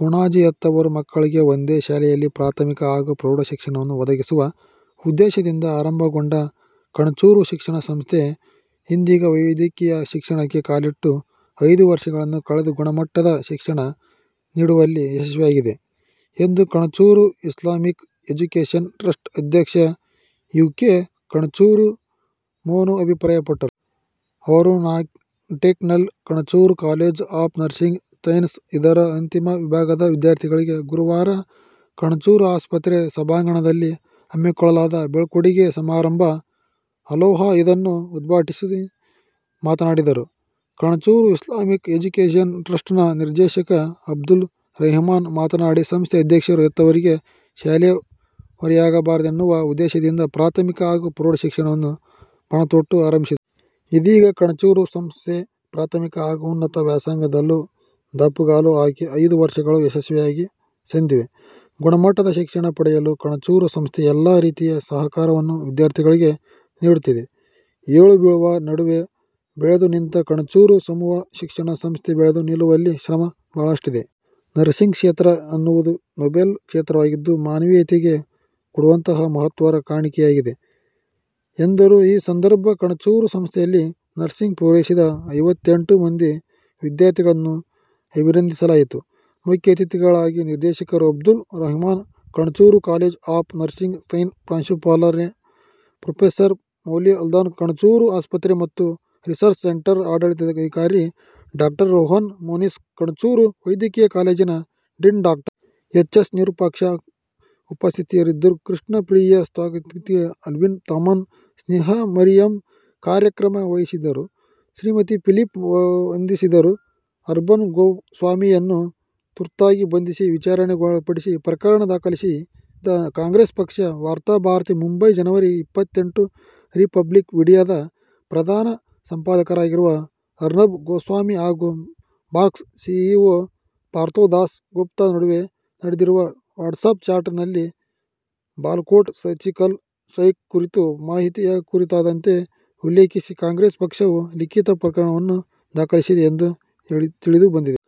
ಕೊಣಾಜೆ: ಹೆತ್ತವರು ಮಕ್ಕಳಿಗೆ ಒಂದೇ ಶಾಲೆಯಲ್ಲಿ ಪ್ರಾಥಮಿಕ ಹಾಗೂ ಪ್ರೌಢಶಿಕ್ಷಣವನ್ನು ಒದಗಿಸುವ ಉದ್ದೇಶದಿಂದ ಆರಂಭಗೊಂಡ ಕಣಚೂರು ಶಿಕ್ಷಣ ಸಂಸ್ಥೆ ಇದೀಗ ವೈದ್ಯಕೀಯ ಶಿಕ್ಷಣಕ್ಕೆ ಕಾಲಿಟ್ಟು ಐದು ವರ್ಷಗಳನ್ನು ಕಳೆದು ಗುಣಮಟ್ಟದ ಶಿಕ್ಷಣ ನೀಡುವಲ್ಲಿ ಯಶಸ್ವಿಯಾಗಿದೆ ಎಂದು ಕಣಚೂರು ಇಸ್ಲಾಮಿಕ್ ಎಜುಕೇಷನ್ ಟ್ರಸ್ಟ್ ಅಧ್ಯಕ್ಷ ಯು. ಕೆ ಕಣಚೂರು ಮೋನು ಅಭಿಪ್ರಾಯಪಟ್ಟರು. ಅವರು ನಾಟೆಕಲ್ನ Kanachur college of nursing science ಇದರ ಅಂತಿಮ ವಿಭಾಗದ ವಿದ್ಯಾರ್ಥಿಗಳಿಗೆ ಗುರುವಾರ ಕಣಚೂರು ಆಸ್ಪತ್ರೆ ಸಭಾಂಗಣದಲ್ಲಿ ಹಮ್ಮಿಕೊಳ್ಳಲಾದ ಬೀಳ್ಕೊಡುಗೆ ಸಮಾರಂಭ ಅಲೋಹಾ- ಇದನ್ನು ಉದ್ಘಾಟಿಸಿ ಮಾತನಾಡಿದರು. ಕಣಚೂರು ಇಸ್ಲಾಮಿಕ್ ಎಜುಕೇಷನ್ ಟ್ರಸ್ಟ್ ನ ನಿರ್ದೇಶಕ ಅಬ್ದುಲ್ ರೆಹಮಾನ್ ಮಾತನಾಡಿ ಸಂಸ್ಥೆ ಅಧ್ಯಕ್ಷರು ಹೆತ್ತವರಿಗೆ ಶಾಲೆ ಹೊರೆಯಾಗಬಾರದೆನ್ನುವ ಉದ್ದೇಶದಿಂದ ಪ್ರಾಥಮಿಕ ಹಾಗೂ ಪ್ರೌಢಶಿಕ್ಷಣವನ್ನು ಪಣತೊಟ್ಟು ಆರಂಭಿಸಿದರು. ಇದೀಗ ಕಣಚೂರು ಸಂಸ್ಥೆ ಪ್ರಾಥಮಿಕ ಹಾಗೂ ಉನ್ನತ ವ್ಯಾಸಾಂಗದಲ್ಲೂ ದಾಪುಗಾಲು ಹಾಕಿ ಐದು ವರ್ಷಗಳು ಯಶಸ್ವಿಯಾಗಿ ಸಂದಿವೆ. ಗುಣಮಟ್ಟದ ಶಿಕ್ಷಣ ಪಡೆಯಲು ಕಣಚೂರು ಸಂಸ್ಥೆ ಎಲ್ಲಾ ರೀತಿಯ ಸಹಕಾರವನ್ನು ವಿದ್ಯಾರ್ಥಿಗಳಿಗೆ ನೀಡುತ್ತಿದೆ. ಏಳುಬೀಳುಗಳ ನಡುವೆ ಬೆಳೆದು ನಿಂತ ಕಣಚೂರು ಸಮೂಹ ಶಿಕ್ಷಣ ಸಂಸ್ಥೆ ಬೆಳೆದು ನಿಲ್ಲುವಲ್ಲಿ ಶ್ರಮ ಬಹಳಷ್ಟಿದೆ. ನರ್ಸಿಂಗ್ ಕ್ಷೇತ್ರ ಅನ್ನುವುದು ನೋಬೆಲ್ ಕ್ಷೇತ್ರವಾಗಿದ್ದು, ಮಾನವೀಯತೆಗೆ ಕೊಡುವಂತಹ ಮಹತ್ತರ ಕಾಣಿಕೆಯಾಗಿದೆ ಎಂದರು. ಈ ಸಂದರ್ಭ ಕಣಚೂರು ಸಂಸ್ಥೆಯಲ್ಲಿ ನರ್ಸಿಂಗ್ ಪೂರೈಸಿದ ಐವತ್ತೆಂಟು ಮಂದಿ ವಿದ್ಯಾರ್ಥಿಗಳನ್ನು ಅಭಿನಂದಿಸಲಾಯಿತು. ಮುಖ್ಯ ಅತಿಥಿಗಳಾಗಿ ನಿರ್ದೇಶಕರು Abdul Rahman, Kanachur college of nursing science ಪ್ರಾಂಶುಪಾಲೆ ಪ್ರೊಫೆಸರ್ ಮೋಲಿ ಸಲ್ದಾನ್ಹ, ಕಣಚೂರು ಆಸ್ಪತ್ರೆ ಮತ್ತು ರಿಸರ್ಚ್ ಸೆಂಟರ್ ಆಡಳಿತಾಧಿಕಾರಿ ಡಾಕ್ಟರ್ ರೋಹನ್ ಮೋನಿಸ್, ಕಣಚೂರು ವೈದ್ಯಕೀಯ ಕಾಲೇಜಿನ dean doctor. H. S Virupaksha ಉಪಸ್ಥಿತರಿದ್ದರು. ಕೃಷ್ಣ ಪ್ರಿಯ ಸ್ವಾಗತಿಸಿದರು. ಆಲ್ಬಿನ್ ಥಾಮಸ್, ಸ್ನೇಹಾ ಮರಿಯಂ ಕಾರ್ಯಕ್ರಮ ನಿರ್ವಹಿಸಿದರು. ಶ್ರಿಮಿತಾ ಫಿಲಿಪ್ ವಂದಿಸಿದರು. ಅರ್ನಬ್ ಗೋಸ್ವಾಮಿಯನ್ನು ತುರ್ತಾಗಿ ಬಂಧಿಸಿ, ವಿಚಾರಣೆಗೊಳಪಡಿಸಿ: ಪ್ರಕರಣ ದಾಖಲಿಸಿದ ಕಾಂಗ್ರೆಸ್ ಪಕ್ಷ ವಾರ್ತಾ ಭಾರತಿ ಮುಂಬೈ, ಜನವರಿ ಇಪತ್ತೆಂಟು ರಿಪಬ್ಲಿಕ್ ಮೀಡಿಯಾದ ಪ್ರಧಾನ ಸಂಪಾದಕರಾಗಿರುವ ಅರ್ನಬ್ ಗೋಸ್ವಾಮಿ ಹಾಗೂ ಬಾರ್ಕ್ ಸಿಇಒ ಪಾರ್ಥೋ ದಾಸ್ ಗುಪ್ತಾ ನಡುವೆ ನಡೆದಿರುವ ವಾಟ್ಸ್ಯಾಪ್ ಚಾಟ್ ನಲ್ಲಿ ಬಾಲಾಕೋಟ್ ಸರ್ಜಿಕಲ್ ಸ್ಟ್ರೈಕ್ ಕುರಿತ ಮಾಹಿತಿಯ ಕುರಿತಾದಂತೆ ಉಲ್ಲೇಖಿಸಿ ಕಾಂಗ್ರೆಸ್ ಪಕ್ಷವು ಲಿಖಿತ ಪ್ರಕರಣವನ್ನು ದಾಖಲಿಸಿದೆ ಎಂದು ತಿಳಿದು ಬಂದಿದೆ.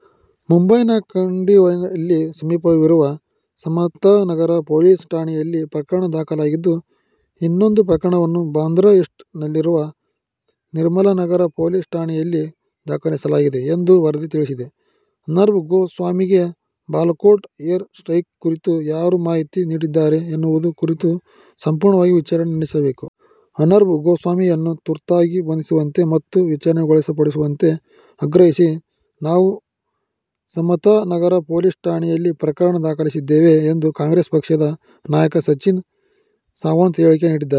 ಮುಂಬೈನ ಕಂಡಿವಲ್ಲಿ ಸಮೀಪವಿರುವ ಸಮತಾ ನಗರ್ ಪೊಲೀಸ್ ಠಾಣೆಯಲ್ಲಿ ಪ್ರಕರಣ ದಾಖಲಾಗಿದ್ದು, ಇನ್ನೊಂದು ಪ್ರಕರಣವನ್ನು ಬಾಂದ್ರಾ ಈಸ್ಟ್ ನಲ್ಲಿರುವ ನಿರ್ಮಲನಗರ್ ಪೊಲೀಸ್ ಠಾಣೆಯಲ್ಲಿ ದಾಖಲಿಸಲಾಗಿದೆ ಎಂದು ವರದಿ ತಿಳಿಸಿದೆ. "ಅರ್ನಬ್ ಗೋಸ್ವಾಮಿಗೆ ಬಾಲಾಕೋಟ್ ಏರ್ ಸ್ಟ್ರೈಕ್ ಕುರಿತು ಯಾರು ಮಾಹಿತಿ ನೀಡಿದ್ದಾರೆ ಅನ್ನುವುದರ ಕುರಿತು ಸಂಪೂರ್ಣವಾಗಿ ವಿಚಾರಣೆ ನಡೆಸಬೇಕು. ಅರ್ನಬ್ ಗೋಸ್ವಾಮಿಯನ್ನು ತುರ್ತಾಗಿ ಬಂಧಿಸುವಂತೆ ಮತ್ತು ವಿಚಾರಣೆಗೊಳಪಡಿಸುವಂತೆ ಆಗ್ರಹಿಸಿ ನಾವು ಸಮತಾ ನಗರ್ ಪೊಲೀಸ್ ಠಾಣೆಯಲ್ಲಿ ಪ್ರಕರಣ ದಾಖಲಿಸಿದ್ದೇವೆ ಎಂದು ಕಾಂಗ್ರೆಸ್ ಪಕ್ಷದ ನಾಯಕ ಸಚಿನ್ ಸಾವಂತ್ ಹೇಳಿಕೆ ನೀಡಿದ್ದಾರೆ.